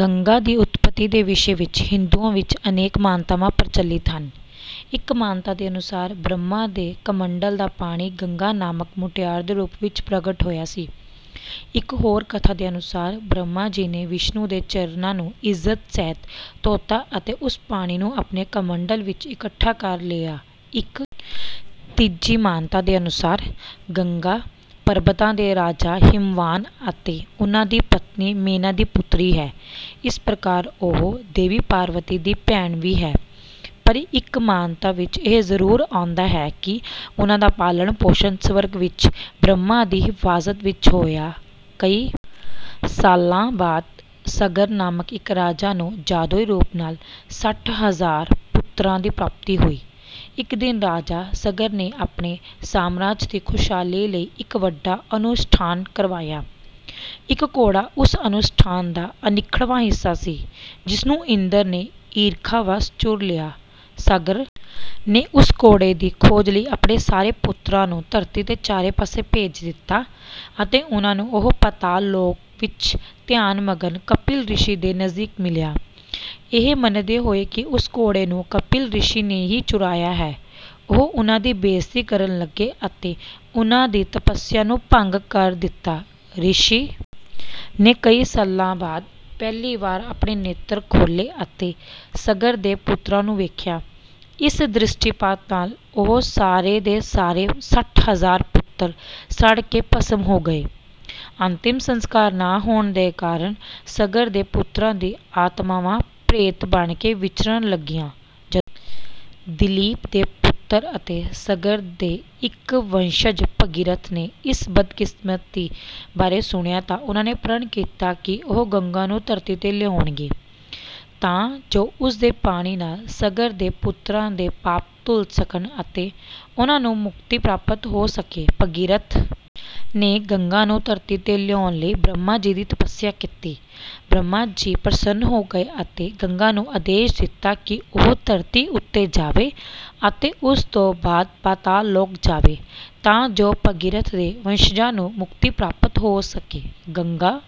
ਗੰਗਾ ਦੀ ਉਤਪੱਤੀ ਦੇ ਵਿਸ਼ੇ ਵਿੱਚ ਹਿੰਦੂਆਂ ਵਿੱਚ ਅਨੇਕ ਮਾਨਤਾਵਾਂ ਪ੍ਰਚਲਿਤ ਹਨ। ਇੱਕ ਮਾਨਤਾ ਦੇ ਅਨੁਸਾਰ ਬ੍ਰਹਮਾ ਦੇ ਕਮੰਡਲ ਦਾ ਪਾਣੀ ਗੰਗਾ ਨਾਮਕ ਮੁਟਿਆਰ ਦੇ ਰੂਪ ਵਿੱਚ ਪ੍ਰਗਟ ਹੋਇਆ ਸੀ। ਇੱਕ ਹੋਰ ਕਥਾ ਦੇ ਅਨੁਸਾਰ ਬ੍ਰਹਮਾ ਜੀ ਨੇ ਵਿਸ਼ਨੂੰ ਦੇ ਚਰਨਾਂ ਨੂੰ ਇੱਜ਼ਤ ਸਹਿਤ ਧੋਤਾ ਅਤੇ ਉਸ ਪਾਣੀ ਨੂੰ ਆਪਣੇ ਕਮੰਡਲ ਵਿੱਚ ਇਕੱਠਾ ਕਰ ਲਿਆ। ਇੱਕ ਤੀਜੀ ਮਾਨਤਾ ਦੇ ਅਨੁਸਾਰ ਗੰਗਾ ਪਰਬਤਾਂ ਦੇ ਰਾਜਾ ਹਿਮਵਾਨ ਅਤੇ ਉਨ੍ਹਾਂ ਦੀ ਪਤਨੀ ਮੇਨਾ ਦੀ ਪੁੱਤਰੀ ਹੈ। ਇਸ ਪ੍ਰਕਾਰ ਉਹ ਦੇਵੀ ਪਾਰਵਤੀ ਦੀ ਭੈਣ ਵੀ ਹੈ। ਹਰ ਇੱਕ ਮਾਨਤਾ ਵਿੱਚ ਇਹ ਜ਼ਰੂਰ ਆਉਂਦਾ ਹੈ ਕਿ ਉਨ੍ਹਾਂ ਦਾ ਪਾਲਣ-ਪੋਸ਼ਣ ਸਵਰਗ ਵਿੱਚ ਬ੍ਰਹਮਾ ਦੀ ਹਿਫ਼ਾਜ਼ਤ ਵਿੱਚ ਹੋਇਆ। ਕਈ ਸਾਲਾਂ ਬਾਅਦ ਸਗਰ ਨਾਮਕ ਇੱਕ ਰਾਜਾ ਨੂੰ ਜਾਦੂਈ ਰੂਪ ਨਾਲ ਸੱਠ ਹਜ਼ਾਰ ਪੁੱਤਰਾਂ ਦੀ ਪ੍ਰਾਪਤੀ ਹੋਈ। ਇੱਕ ਦਿਨ ਰਾਜਾ ਸਗਰ ਨੇ ਆਪਣੇ ਸਾਮਰਾਜ ਦੀ ਖ਼ੁਸ਼ਹਾਲੀ ਲਈ ਇੱਕ ਅਨੁਸ਼ਠਾਨ ਕਰਵਾਇਆ। ਇੱਕ ਘੋੜਾ ਉਸ ਅਨੁਸ਼ਠਾਨ ਦਾ ਅਨਿੱਖੜਵਾਂ ਹਿੱਸਾ ਸੀ, ਜਿਸ ਨੂੰ ਇੰਦਰ ਨੇ ਈਰਖਾ ਵੱਸ ਚੁਰਾ ਲਿਆ। ਸਗਰ ਨੇ ਉਸ ਘੋੜੇ ਦੀ ਖੋਜ ਲਈ ਆਪਣੇ ਸਾਰੇ ਪੁੱਤਰਾਂ ਨੂੰ ਧਰਤੀ ਦੇ ਚਾਰੇ ਪਾਸੇ ਭੇਜ ਦਿੱਤਾ ਅਤੇ ਉਨ੍ਹਾਂ ਨੂੰ ਉਹ ਪਾਤਾਲ ਲੋਕ ਵਿੱਚ ਧਿਆਨ-ਮਗਨ ਕਪਿਲ ਰਿਸ਼ੀ ਦੇ ਨਜ਼ਦੀਕ ਮਿਲਿਆ। ਇਹ ਮੰਨਦੇ ਹੋਏ ਕਿ ਉਸ ਘੋੜੇ ਨੂੰ ਕਪਿਲ ਰਿਸ਼ੀ ਨੇ ਹੀ ਚੁਰਾਇਆ ਹੈ, ਉਹ ਉਨ੍ਹਾਂ ਦੀ ਬੇਇੱਜ਼ਤੀ ਕਰਨ ਲੱਗੇ ਅਤੇ ਉਨ੍ਹਾਂ ਦੀ ਤਪੱਸਿਆ ਨੂੰ ਭੰਗ ਕਰ ਦਿੱਤਾ। ਰਿਸ਼ੀ ਨੇ ਕਈ ਸਾਲਾਂ ਬਾਅਦ ਪਹਿਲੀ ਵਾਰ ਆਪਣੇ ਨੇਤਰ ਖੋਲ੍ਹੇ ਅਤੇ ਸਗਰ ਦੇ ਪੁੱਤਰਾਂ ਨੂੰ ਵੇਖਿਆ। ਇਸ ਦ੍ਰਿਸ਼ਟੀਪਾਤ ਨਾਲ ਉਹ ਸਾਰੇ ਦੇ ਸਾਰੇ ਸੱਠ ਹਜ਼ਾਰ ਪੁੱਤਰ ਸੜ ਕੇ ਭਸਮ ਹੋ ਗਏ। ਅੰਤਿਮ ਸੰਸਕਾਰ ਨਾ ਹੋਣ ਦੇ ਕਾਰਨ ਸਗਰ ਦੇ ਪੁੱਤਰਾਂ ਦੀਆਂ ਆਤਮਾਵਾਂ ਪ੍ਰੇਤ ਬਣ ਕੇ ਵਿਚਰਨ ਲੱਗੀਆਂ। ਜਦੋਂ ਦਿਲੀਪ ਦੇ ਪੁੱਤਰ ਅਤੇ ਸਗਰ ਦੇ ਇੱਕ ਵੰਸ਼ਜ ਭਗੀਰਥ ਨੇ ਇਸ ਬਦਕਿਸਮਤੀ ਬਾਰੇ ਸੁਣਿਆ ਤਾਂ ਉਨ੍ਹਾਂ ਨੇ ਪ੍ਰਣ ਕੀਤਾ ਕਿ ਉਹ ਗੰਗਾ ਨੂੰ ਧਰਤੀ ’ਤੇ ਲਿਆਉਣਗੇ, ਤਾਂ ਜੋ ਉਸ ਦੇ ਪਾਣੀ ਨਾਲ ਸਗਰ ਦੇ ਪੁੱਤਰਾਂ ਦੇ ਪਾਪ ਧੁਲ ਸਕਣ ਅਤੇ ਉਨ੍ਹਾਂ ਨੂੰ ਮੁਕਤੀ ਪ੍ਰਾਪਤ ਹੋ ਸਕੇ। ਭਗੀਰਥ ਨੇ ਗੰਗਾ ਨੂੰ ਧਰਤੀ ’ਤੇ ਲਿਆਉਣ ਲਈ ਬ੍ਰਹਮਾ ਜੀ ਦੀ ਤਪੱਸਿਆ ਕੀਤੀ। ਬ੍ਰਹਮਾ ਜੀ ਪ੍ਰਸੰਨ ਹੋ ਗਏ ਅਤੇ ਗੰਗਾ ਨੂੰ ਆਦੇਸ਼ ਦਿੱਤਾ ਕਿ ਉਹ ਧਰਤੀ ਉੱਤੇ ਜਾਵੇ ਅਤੇ ਉਸ ਤੋਂ ਬਾਅਦ ਪਾਤਾਲ ਲੋਕ ਜਾਵੇ, ਤਾਂ ਜੋ ਭਗੀਰਥ ਦੇ ਵੰਸ਼ਜਾਂ ਨੂੰ ਮੁਕਤੀ ਪ੍ਰਾਪਤ ਹੋ ਸਕੇ। ਗੰਗਾ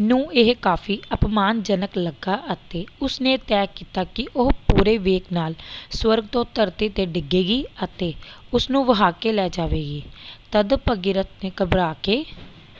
ਨੂੰ ਇਹ ਕਾਫ਼ੀ ਅਪਮਾਨਜਨਕ ਲੱਗਾ ਅਤੇ ਉਸ ਨੇ ਤੈਅ ਕੀਤਾ ਕਿ ਉਹ ਪੂਰੇ ਵੇਗ ਨਾਲ ਸਵਰਗ ਤੋਂ ਧਰਤੀ ’ਤੇ ਡਿੱਗੇਗੀ ਅਤੇ ਉਸ ਨੂੰ ਵਹਾ ਕੇ ਲੈ ਜਾਵੇਗੀ। ਤਦ ਭਗੀਰਥ ਨੇ ਘਬਰਾ ਕੇ…